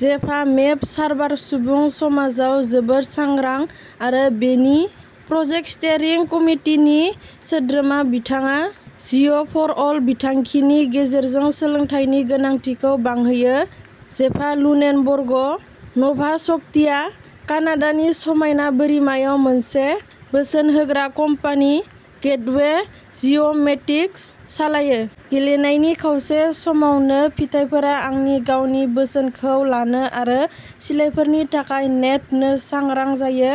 जेफआ मेपसार्भार सुबुं समाजाव जोबोद सांग्रां, आरो बेनि प्रजेक्ट स्टियारिं कमितिनि सोद्रोमा। बिथाङा जिअ'फरअल बिथांखिनि गेजेरजों सोलोंथाइनि गोनांथिखौ बांहोयो। जेफआ लुनेनबर्ग, न'भा स्क'टिया, कानाडानि समायना बोरिमायाव मोनसे बोसोन होग्रा कम्पानि, गेटवे जिअ'मेटिक्स सालायो। गेलेनायनि खावसे समावनो फिथायफोरा आंनि गावनि बोसोनखौ लानो आरो सिलाइफोरनि थाखाय नेथ'नो सांग्रां जायो।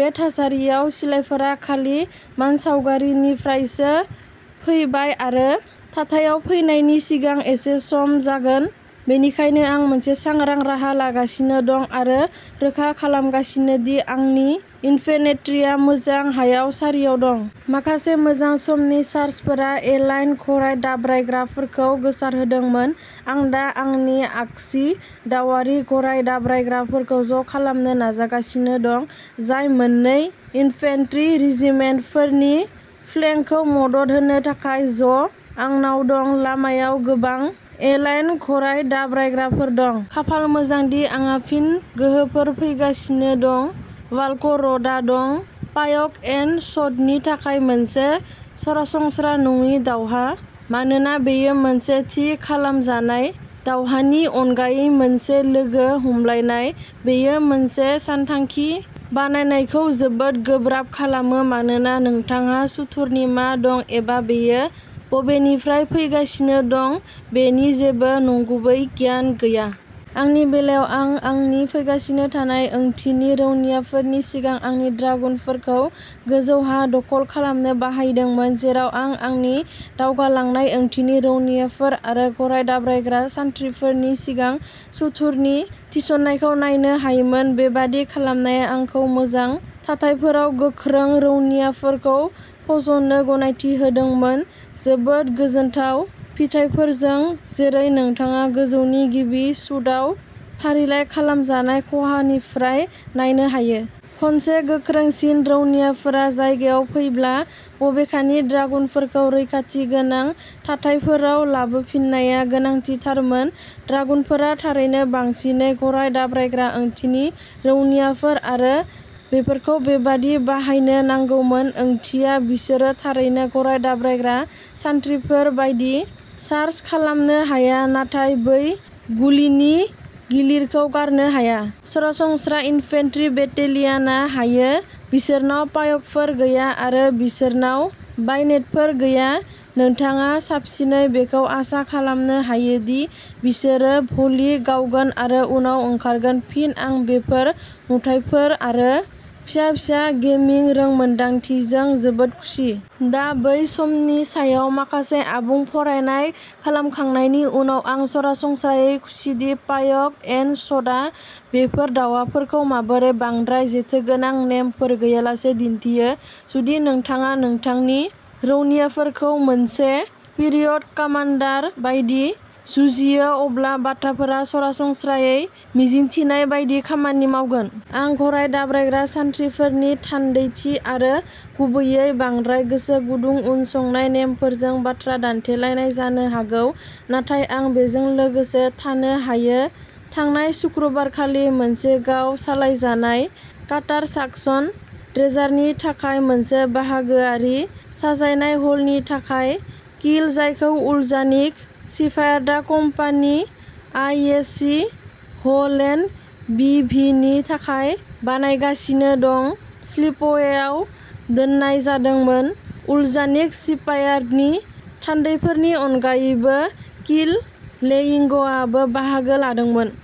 बे थासारियाव, सिलाइफोरा खालि मानसावगारिनिफ्रायसो सफैबाय आरो थाथायाव फैनायनि सिगां एसे सम जागोन। बेनिखायनो, आं मोनसे सांग्रां राहा लागासिनो दं आरो रोखा खालामगासिनो दि आंनि इन्फेन्ट्रिआ मोजां हायाव सारियाव दं। माखासे मोजां समनि चार्जफोरा एलाइड गराय दाब्रायग्राफोरखौ गोसारहोदोंमोन। आं दा आंनि आगसि दावआरि गराय दाब्रायग्राफोरखौ ज' खालामनो नाजागासिनो दं, जाय मोन्नै इन्फेन्ट्रि रेजिमेन्टफोरनि फ्लेंकखौ मदद होनो थाखाय जाय आंनाव दं। लामायाव गोबां एलाइड गराय दाब्रायग्राफोर दं। खाफाल मोजां दि आंहा फिन गोहोफोर फैगासिनो दं। वालक'र्टआ दं। पाइक एन्ड शटनि थाखाय मोनसे सरासनस्रा नङै दावहा, मानोना बेयो मोनसे थि खालामजानाय दावहानि अनगायै मोनसे लोगो हमलायनाय। बेयो मोनसे सानथांखि बानायनायखौ जोबोद गोब्राब खालामो, मानोना नोंथांहा सुथुरनि मा दं एबा बेयो बबेनिफ्राय फैगासिनो दं बेनि जेबो नंगुबै गियान गैया। आंनि बेलायाव, आं आंनि फैगासिनो थानाय ओंथिनि रौनियाफोरनि सिगां आंनि ड्रागुनफोरखौ गोजौ हा दखल खालामनो बाहायदोंमोन, जेराव आं आंनि दावगालांनाय आथिंनि रौनियाफोर आरो गराय दाब्रायग्रा सान्थ्रिफोरनि सिगां सुथुरनि थिसननायखौ नायनो हायोमोन। बेबादि खालामनाया आंखौ मोजां थाथायफोराव गोख्रों रौनियाफोरखौ फज'नो गनायथि होदोंमोन जोबोद गोजोनथाव फिथायफोरजों, जेरै नोंथाङा गोजौनि गिबि शटआव फारिलाइ खालामजानाय खहानिफ्राय नायनो हायो। खनसे गोख्रोंसिन रौनियाफोरा जायगायाव फैब्ला, बबेखानि, ड्रागनफोरखौ रैखाथि गोनां थाथायफोराव लाबोफिननाया गोनांथारमोन। ड्रागुनफोरा थारैनो बांसिनै गराय दाब्रायग्रा आथिंनि रौनियाफोर आरो बेफोरखौ बेबादि बाहायनो नांगौमोन। ओंथिया, बिसोरो थारैनो गराय दाब्रायग्रा सान्थ्रिफोर बायदि चार्ज खालामनो हाया, नाथाय बै गुलिनि गिलिरथिखौ गारनो हाया। सरासनस्रा इन्फेन्ट्रि बेटेलियानआ हायो। बिसोरनाव पाइकफोर गैया, आरो बिसोरनाव बायनेटफोर गैया। नोंथाङा साबसिनै बेखौ आसा खालामनो हायो दि बिसोरो भलि गावगोन आरो उनाव ओंखारगोन। फिन, आं बेफोर नुथायफोर आरो फिसा फिसा गेमिं रोंमोनदांथिजों जोबोद खुसि। दा बै समनि सायाव माखासे आबुं फरायनाय खालामखांनायनि उनाव आं सरासनस्रायै खुसिदि पाइक एन्ड शटआ बेफोर दावहाफोरखौ माबोरै बांद्राय जेथोगोनां नेमफोर गैयालासे दिन्थियो। जुदि नोंथाङा नोंथांनि रौनियाफोरखौ मोनसे पिरियड कामान्डार बायदि जुजियो, अब्ला बाथ्राफोरा सरासनस्रायै मिजिंथिनाय बायदि खामानि मावगोन। आं गराय दाब्रायग्रा सान्थ्रिफोरनि थान्दैथि आरो गुबैयै बांद्राय गोसो गुदुं उनसंनाय नेमफोरजों बाथ्रा दान्थेलायनाय जानो हागौ, नाथाय आं बेजों लोगोसे थानो हायो। थांनाय सुक्रुबार खालि मोनसे गाव सालायजानाय काटार साकसन ड्रेजारनि थाखाय मोनसे बाहागोआरि साजायनाय हलनि थाखाय किल, जायखौ उलजानिक शिपयार्डआ company I H C Holland B V नि थाखाय बानायगासिनो दं, स्लिपवेआव दोननाय जादोंमोन। उलजानिक शिपयार्डनि थान्दैफोरनि अनगायैबो, किल लेइंगआबो बाहागो लादोंमोन।